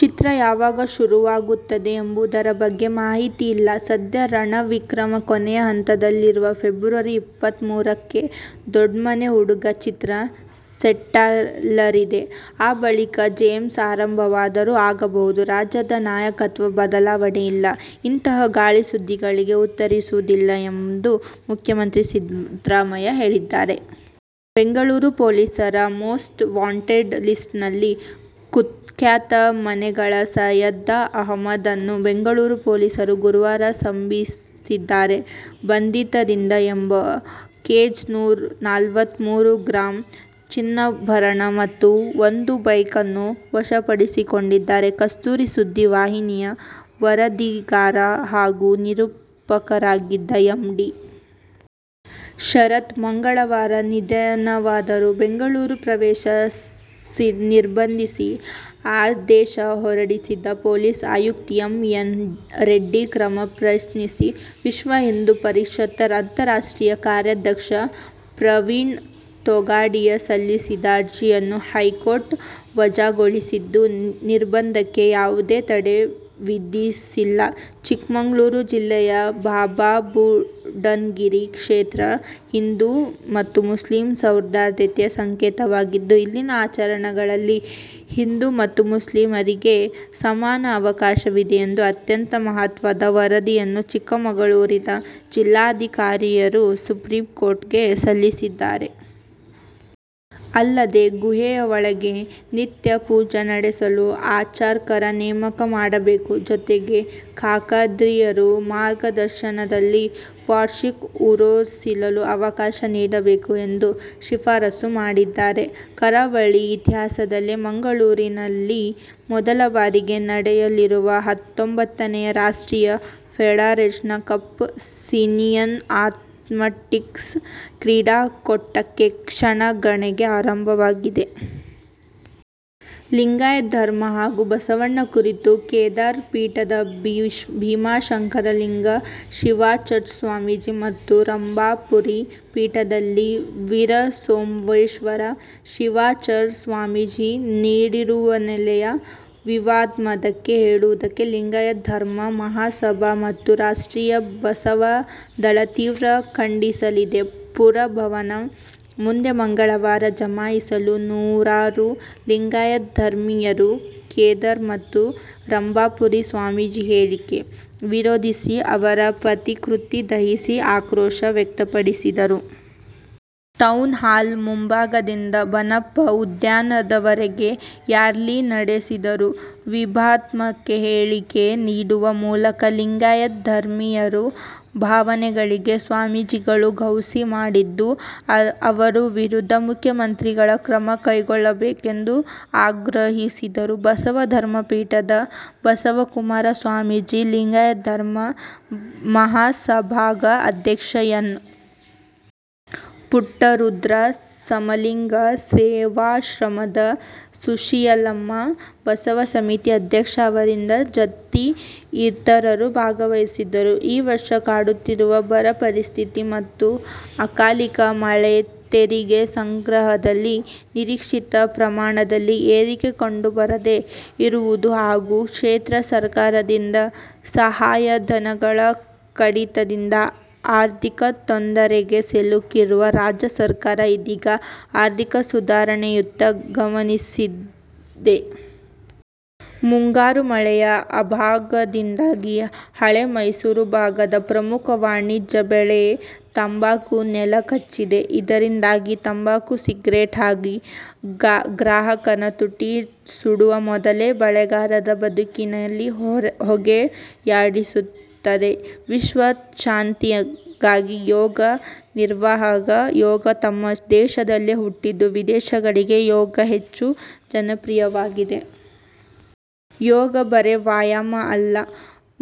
ಚಿತ್ರ ಯಾವಾಗ ಶುರುವಾಗುತ್ತದೆ ಎಂಬುದರ ಬಗ್ಗೆ ಮಾಹಿತಿಯಿಲ್ಲ. ಸದ್ಯ "ರಣವಿಕ್ರಮ' ಕೊನೆಯ ಹಂತದಲ್ಲಿದ್ದು, ಫೆಬ್ರವರಿ ಇಪ್ಪತ್ಮೂರಕ್ಕೆ "ದೊಡ್ಮನೆ ಹುಡುಗ' ಚಿತ್ರ ಸೆಟ್ಟೇರಲಿದೆ. ಆ ಬಳಿಕ "ಜೇಮ್ಸ್' ಆರಂಭವಾದರೂ ಆಗಬಹುದು. ರಾಜ್ಯದಲ್ಲಿ ನಾಯಕತ್ವ ಬದಲಾವಣೆ ಇಲ್ಲ. ಇಂತಹ ಗಾಳಿ ಸುದ್ದಿಗಳಿಗೆ ಉತ್ತರಿಸುವುದಿಲ್ಲ ಎಂದು ಮುಖ್ಯಮಂತ್ರಿ ಸಿದ್ದರಾಮಯ್ಯ ಹೇಳಿದ್ದಾರೆ. ಬೆಂಗಳೂರು ಪೊಲೀಸರ ಮೋಸ್ಟ್ ವಾಂಟೆಡ್ ಲಿಸ್ಟ್ನಲ್ಲಿದ್ದ ಕುಖ್ಯಾತ ಮನೆಗಳ್ಳ ಸಯ್ಯದ್ ಅಹಮದ್ ನನ್ನು ಬೆಂಗಳೂರು ಪೊಲೀಸರು ಗುರುವಾರ ಬಂಧಿಸಿದ್ದಾರೆ. ಬಂಧಿತನಿಂದ ಒಂದು ಕೆಜಿ ನೂರ ನಲ್ವತ್ಮೂರು ಗ್ರಾಂ ಚಿನ್ನಾಭರಣ ಮತ್ತು ಒಂದು ಬೈಕನ್ನು ವಶಪಡಿಸಿಕೊಂಡಿದ್ದಾರೆ. ಕಸ್ತೂರಿ ಸುದ್ದಿ ವಾಹಿನಿಯ ವರದಿಗಾರ ಹಾಗೂ ನಿರೂಪಕರಾಗಿದ್ದ ಎಂ. ಡಿ. ಶರತ್ ಮಂಗಳವಾರ ನಿಧನರಾದರು. ಬೆಂಗಳೂರು ಪ್ರವೇಶ ನಿರ್ಬಂಧಿಸಿ ಆದೇಶ ಹೊರಡಿಸಿದ್ದ ಪೊಲೀಸ್ ಆಯುಕ್ತ ಎಂ. ಎನ್. ರೆಡ್ಡಿ ಕ್ರಮ ಪ್ರಶ್ನಿಸಿ ವಿಶ್ವ ಹಿಂದೂ ಪರಿಷತ್ ಅಂತಾರಾಷ್ಟ್ರೀಯ ಕಾರ್ಯಾಧ್ಯಕ್ಷ ಪ್ರವೀಣ್ ತೊಗಾಡಿಯಾ ಸಲ್ಲಿಸಿದ ಅರ್ಜಿಯನ್ನು ಹೈಕೋರ್ಟ್ ವಜಾಗೊಳಿಸಿದ್ದು, ನಿರ್ಬಂಧಕ್ಕೆ ಯಾವುದೇ ತಡೆ ವಿಧಿಸಿಲ್ಲ. ಚಿಕ್ಕಮಗಳೂರು ಜಿಲ್ಲೆಯ ಬಾಬಾಬುಡನಗಿರಿ ಕ್ಷೇತ್ರ ಹಿಂದೂ ಮತ್ತು ಮುಸ್ಲಿಂ ಸೌಹಾರ್ದತೆಯ ಸಂಕೇತವಾಗಿದ್ದು, ಇಲ್ಲಿನ ಆಚರಣೆಗಳಲ್ಲಿ ಹಿಂದೂ ಮತ್ತು ಮುಸ್ಲಿಮರಿಗೆ ಸಮಾನ ಅವಕಾಶವಿದೆ ಎಂಬ ಅತ್ಯಂತ ಮಹತ್ವದ ವರದಿಯನ್ನು ಚಿಕ್ಕಮಗಳೂರಿನ ಜಿಲ್ಲಾಧಿಕಾರಿಯವರು ಸುಪ್ರೀಂಕೋರ್ಟ್ಗೆ ಸಲ್ಲಿಸಿದ್ದಾರೆ. ಅಲ್ಲದೆ, ಗುಹೆಯ ಒಳಗೆ ನಿತ್ಯ ಪೂಜೆ ನಡೆಸಲು ಅರ್ಚಕರ ನೇಮಕ ಮಾಡಬೇಕು. ಜತೆಗೆ, ಶಾಖಾದ್ರಿಯವರ ಮಾರ್ಗದರ್ಶನದಲ್ಲಿ ವಾರ್ಷಿಕ ಉರೂಸಿಗೂ ಅವಕಾಶ ನೀಡಬೇಕು ಎಂದು ಶಿಫಾರಸ್ಸು ಮಾಡಿದ್ದಾರೆ. ಕರಾವಳಿ ಇತಿಹಾಸದಲ್ಲೇ ಮಂಗಳೂರಿನಲ್ಲಿ ಮೊದಲ ಬಾರಿಗೆ ನಡೆಯಲಿರುವ ಹತ್ತೊಂಬತ್ತನೇ ರಾಷ್ಟ್ರೀಯ ಫೆಡರೇಶನ್ ಕಪ್ ಸೀನಿಯರ್ ಆ್ಯತ್ಲೆಟಿಕ್ಸ್ ಕ್ರೀಡಾಕೂಟಕ್ಕೆ ಕ್ಷಣಗಣನೆ ಆರಂಭವಾಗಿದೆ. ಲಿಂಗಾಯತ ಧರ್ಮ ಹಾಗೂ ಬಸವಣ್ಣ ಕುರಿತು ಕೇದಾರ ಪೀಠದ ಭೀಮಾಶಂಕರಲಿಂಗ ಶಿವಾಚಾರ್ಯ ಸ್ವಾಮಿಜಿ ಮತ್ತು ರಂಭಾಪುರಿ ಪೀಠದ ವೀರಸೋಮೇಶ್ವರ ಶಿವಾಚಾರ್ಯ ಸ್ವಾಮೀಜಿ ನೀಡಿರುವರೆನ್ನಲಾದ ವಿವಾದಾತ್ಮಕ ಹೇಳಿಕೆಯನ್ನು ಲಿಂಗಾಯತ ಧರ್ಮ ಮಹಾಸಭಾ ಮತ್ತು ರಾಷ್ಟ್ರೀಯ ಬಸವ ದಳ ತೀವ್ರ ಖಂಡಿಸಿದೆ. ಪುರಭವನ ಮುಂದೆ ಮಂಗಳವಾರ ಜಮಾಯಿಸಿದ ನೂರಾರು ಲಿಂಗಾಯತ ಧರ್ಮೀಯರು, ಕೇದಾರ ಮತ್ತು ರಂಭಾಪುರಿ ಸ್ವಾಮೀಜಿ ಹೇಳಿಕೆ ವಿರೋಧಿಸಿ ಅವರ ಪ್ರತಿಕೃತಿ ದಹಿಸಿ ಆಕ್ರೋಶ ವ್ಯಕ್ತಪಡಿಸಿದರು. ಟೌನ್ ಹಾಲ್ ಮುಂಭಾಗದಿಂದ ಬನಪ್ಪ ಉದ್ಯಾನವನದವರೆಗೆ ರ್ಯಾಲಿ ನಡೆಸಿದರು. ವಿವಾದಾತ್ಮಕ ಹೇಳಿಕೆ ನೀಡುವ ಮೂಲಕ ಲಿಂಗಾಯತ ಧರ್ಮೀಯರ ಭಾವನೆಗಳಿಗೆ ಸ್ವಾಮೀಜಿಗಳು ಘಾಸಿ ಮಾಡಿದ್ದು, ಅವರ ವಿರುದ್ಧ ಮುಖ್ಯಮಂತ್ರಿಗಳು ಕ್ರಮ ಕೈಗೊಳ್ಳಬೇಕೆಂದು ಆಗ್ರಹಿಸಿದರು. ಬಸವ ಧರ್ಮ ಪೀಠದ ಬಸವಕುಮಾರ ಸ್ವಾಮೀಜಿ, ಲಿಂಗಾಯತ ಧರ್ಮ ಮಹಾಸಭಾದ ಅಧ್ಯಕ್ಷ ಎನ್. ಪುಟ್ಟರುದ್ರ, ಸುಮಂಗಲಿ ಸೇವಾಶ್ರಮದ ಸುಶೀಲಮ್ಮ, ಬಸವ ಸಮಿತಿ ಅಧ್ಯಕ್ಷ ಅರವಿಂದ ಜತ್ತಿ ಇತರರು ಭಾಗವಹಿಸಿದ್ದರು. ಈ ವರ್ಷ ಕಾಡುತ್ತಿರುವ ಬರ ಪರಿಸ್ಥಿತಿ ಮತ್ತು ಅಕಾಲಿಕ ಮಳೆ, ತೆರಿಗೆ ಸಂಗ್ರಹದಲ್ಲಿ ನಿರೀಕ್ಷಿತ ಪ್ರಮಾಣದಲ್ಲಿ ಏರಿಕೆ ಕಂಡುಬರದೇ ಇರುವುದು ಹಾಗೂ ಕೇಂದ್ರ ಸರ್ಕಾರದಿಂದ ಸಹಾಯಧನಗಳ ಕಡಿತದಿಂದ ಆರ್ಥಿಕ ತೊಂದರೆಗೆ ಸಿಲುಕಿರುವ ರಾಜ್ಯ ಸರ್ಕಾರ ಇದೀಗ ಆರ್ಥಿಕ ಸುಧಾರಣೆಯತ್ತ ಗಮನಹರಿಸಿದೆ. ಮುಂಗಾರು ಮಳೆಯ ಅಭಾವದಿಂದಾಗಿ ಹಳೆ ಮೈಸೂರು ಭಾಗದ ಪ್ರಮುಖ ವಾಣಿಜ್ಯ ಬೆಳೆ ತಂಬಾಕು ನೆಲಕಚ್ಚಿದೆ. ಇದರಿಂದಾಗಿ ತಂಬಾಕು ಸಿಗರೇಟ್ ಆಗಿ ಗ್ರಾಹಕನ ತುಟಿ ಸುಡುವ ಮೊದಲೇ ಬೆಳೆಗಾರರ ಬದುಕಲ್ಲಿ ಹೊಗೆಯಾಡಿಸುತ್ತಿದೆ. ವಿಶ್ವ ಶಾಂತಿಗಾಗಿ ಯೋಗ ಅನಿವಾರ್ಯ. ಯೋಗ ನಮ್ಮ ದೇಶದಲ್ಲೇ ಹುಟ್ಟಿದ್ದು. ವಿದೇಶಗಳಲ್ಲಿ ಯೋಗ ಹೆಚ್ಚು ಜನಪ್ರಿಯವಾಗಿದೆ. ಯೋಗ ಬರೇ ವ್ಯಾಯಾಮ ಅಲ್ಲ,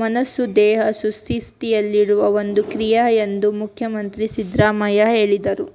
ಮನಸ್ಸು ದೇಹ ಸುಸ್ಥಿತಿಯಲ್ಲಿಡುವ ಒಂದು ಕ್ರಿಯೆ ಎಂದು ಮುಖ್ಯಮಂತ್ರಿ ಸಿದ್ದರಾಮಯ್ಯ ಹೇಳಿದರು.